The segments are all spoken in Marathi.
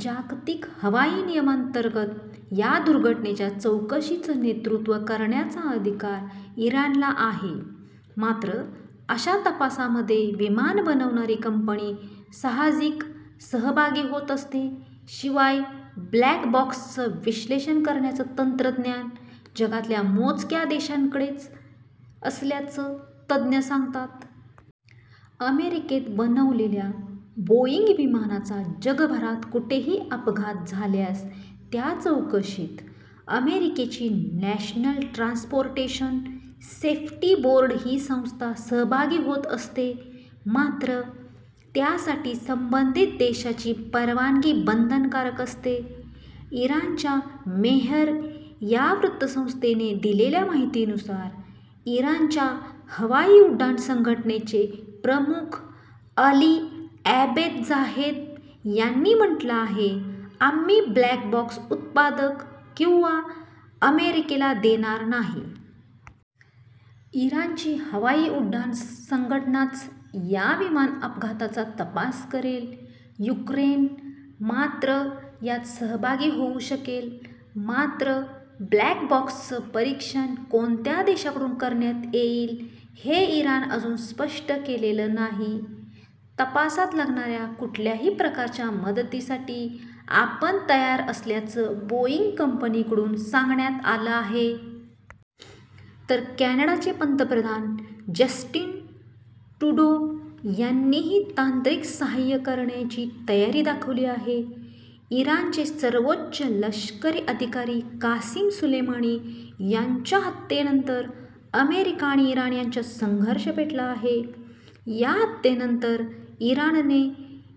जागतिक हवाई नियमांतर्गत या दुर्घटनेच्या चौकशीचं नेतृत्त्व करण्याचा अधिकार इराणला आहे. मात्र, अशा तपासामध्ये विमान बनवणारी कंपनी साहाजिक सहभागी होत असते. शिवाय ब्लॅक बॉक्सचं विश्लेषण करण्याचं तंत्रज्ञान जगातल्या मोजक्या देशांकडेच असल्याचं तज्ज्ञ सांगतात. अमेरिकेत बनवलेल्या बोईंग विमानाचा जगभरात कुठेही अपघात झाल्यास त्या चौकशीत अमेरिकेची नॅशनल ट्रान्सपोर्टेशन सेफ्टी बोर्ड ही संस्था सहभागी होत असते. मात्र, त्यासाठी संबंधित देशाची परवानगी बंधनकारक असते. इराणच्या मेहर या वृत्तसंस्थेने दिलेल्या माहितीनुसार इराणच्या हवाई उड्डाण संघटनेचे प्रमुख अली अॅबेदझाहेद यांनी म्हटलं आहे, आम्ही ब्लॅक बॉक्स उत्पादक किंवा अमेरिकेला देणार नाही. इराणची हवाई उड्डाण संघटनाच या विमान अपघाताचा तपास करेल. युक्रेन मात्र, यात सहभागी होऊ शकेल. मात्र, ब्लॅक बॉक्सचं परीक्षण कोणत्या देशाकडून करण्यात येईल, हे इराण अजून स्पष्ट केलेलं नाही. तपासात लागणाऱ्या कुठल्याही प्रकारच्या मदतीसाठी आपण तयार असल्याचं बोईंग कंपनीकडून सांगण्यात आलं आहे. तर कॅनडाचे पंतप्रधान जस्टीन ट्रुडो यांनीही तांत्रिक सहाय्य करण्याची तयारी दाखवली आहे. इराणचे सर्वोच्च लष्करी अधिकारी कासीम सुलेमानी यांच्या हत्येनंतर अमेरिका आणि इराण यांच्यात संघर्ष पेटला आहे. या हत्येनंतर इराणने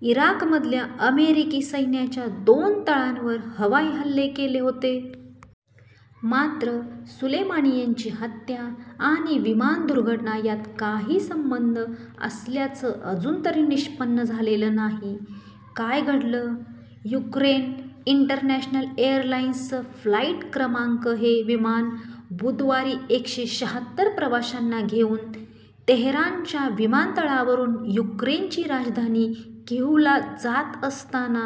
इराकमधल्या अमेरिकी सैन्याच्या दोन तळांवर हवाई हल्ले केले होते. मात्र, सुलेमानी यांची हत्या आणि विमान दुर्घटना यात काही संबंध असल्याचं अजूनतरी निष्पण्ण झालेलं नाही. काय घडलं? युक्रेन इंटनॅशनल एअरलाईन्सचं फ्लाईट क्रमांक हे विमान बुधवारी एकशे शहात्तर प्रवाशांना घेऊन तेहरानच्या विमानतळावरून युक्रेनची राजधानी किव्हला जात असताना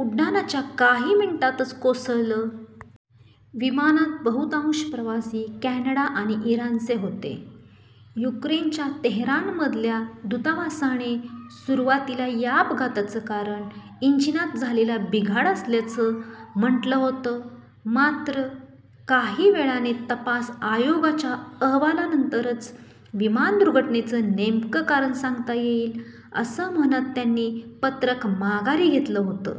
उड्डाणाच्या काही मिनिटातच कोसळलं. विमानात बहुतांश प्रवासी कॅनडा आणि इराणचे होते. युक्रेनच्या तेहरानमधल्या दूतावासाने सुरुवातीला या अपघातचं कारण इंजिनात झालेला बिघाड असल्याचं म्हटलं होतं. मात्र, काहीवेळाने तपास आयोगाच्या अहवालानंतरच विमान दुर्घटनेचं नेमकं कारण सांगता येईल, असं म्हणत त्यांनी पत्रक माघारी घेतलं होतं.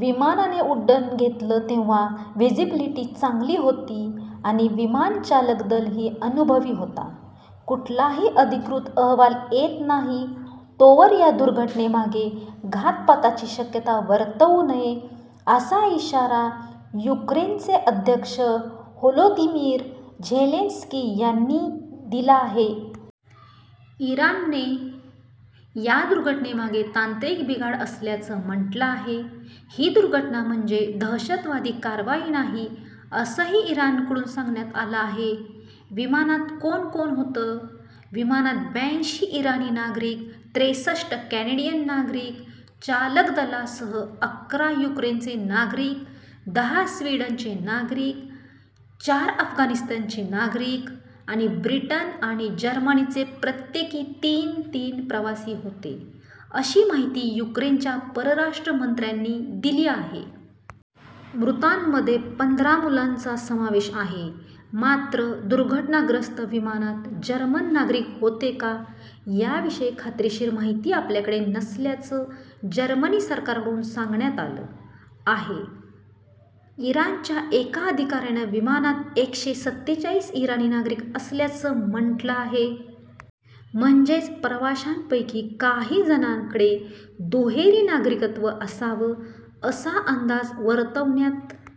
विमानाने उड्डाण घेतलं तेव्हा व्हिझिबिलिटी चांगली होती आणि विमान चालक दलही अनुभवी होता. कुठलाही अधिकृत अहवाल येत नाही तोवर या दुर्घटनेमागे घातपाताची शक्यता वर्तवू नये, असा इशारा युक्रेनचे अध्यक्ष व्होलोदिमीर झेलेन्स्की यांनी दिला आहे. इराणने या दुर्घटनेमागे तांत्रिक बिघाड असल्याचं म्हटलं आहे. ही दुर्घटना म्हणजे दहशतवादी कारवाई नाही, असंही इराणकडून सांगण्यात आलं आहे. विमानात कोण-कोण होतं? विमानात ब्याऐंशी इराणी नागरिक, त्रेसष्ठ कॅनेडियन नागरिक, चालक दलासह अकरा युक्रेनचे नागरिक, दहा स्वीडनचे नागरिक, चार अफगाणिस्तानचे नागरिक आणि ब्रिटन आणि जर्मनीचे प्रत्येकी तीन तीन प्रवासी होते, अशी माहिती युक्रेनच्या परराष्ट्र मंत्र्यांनी दिली आहे. मृतांमध्ये पंधरा मुलांचा समावेश आहे. मात्र, दुर्घटनाग्रस्त विमानात जर्मन नागरिक होते का, याविषयी खात्रीशीर माहिती आपल्याकडे नसल्याचं जर्मनी सरकारकडून सांगण्यात आलं आहे. इराणच्या एका अधिकाऱ्याने विमानात एकशे सत्तेचाळीस इराणी नागरिक असल्याचं म्हटलं आहे. म्हणजेच प्रवाशांपैकी काही जणांकडे दुहेरी नागरिकत्व असावं, असा अंदाज वर्तवण्यात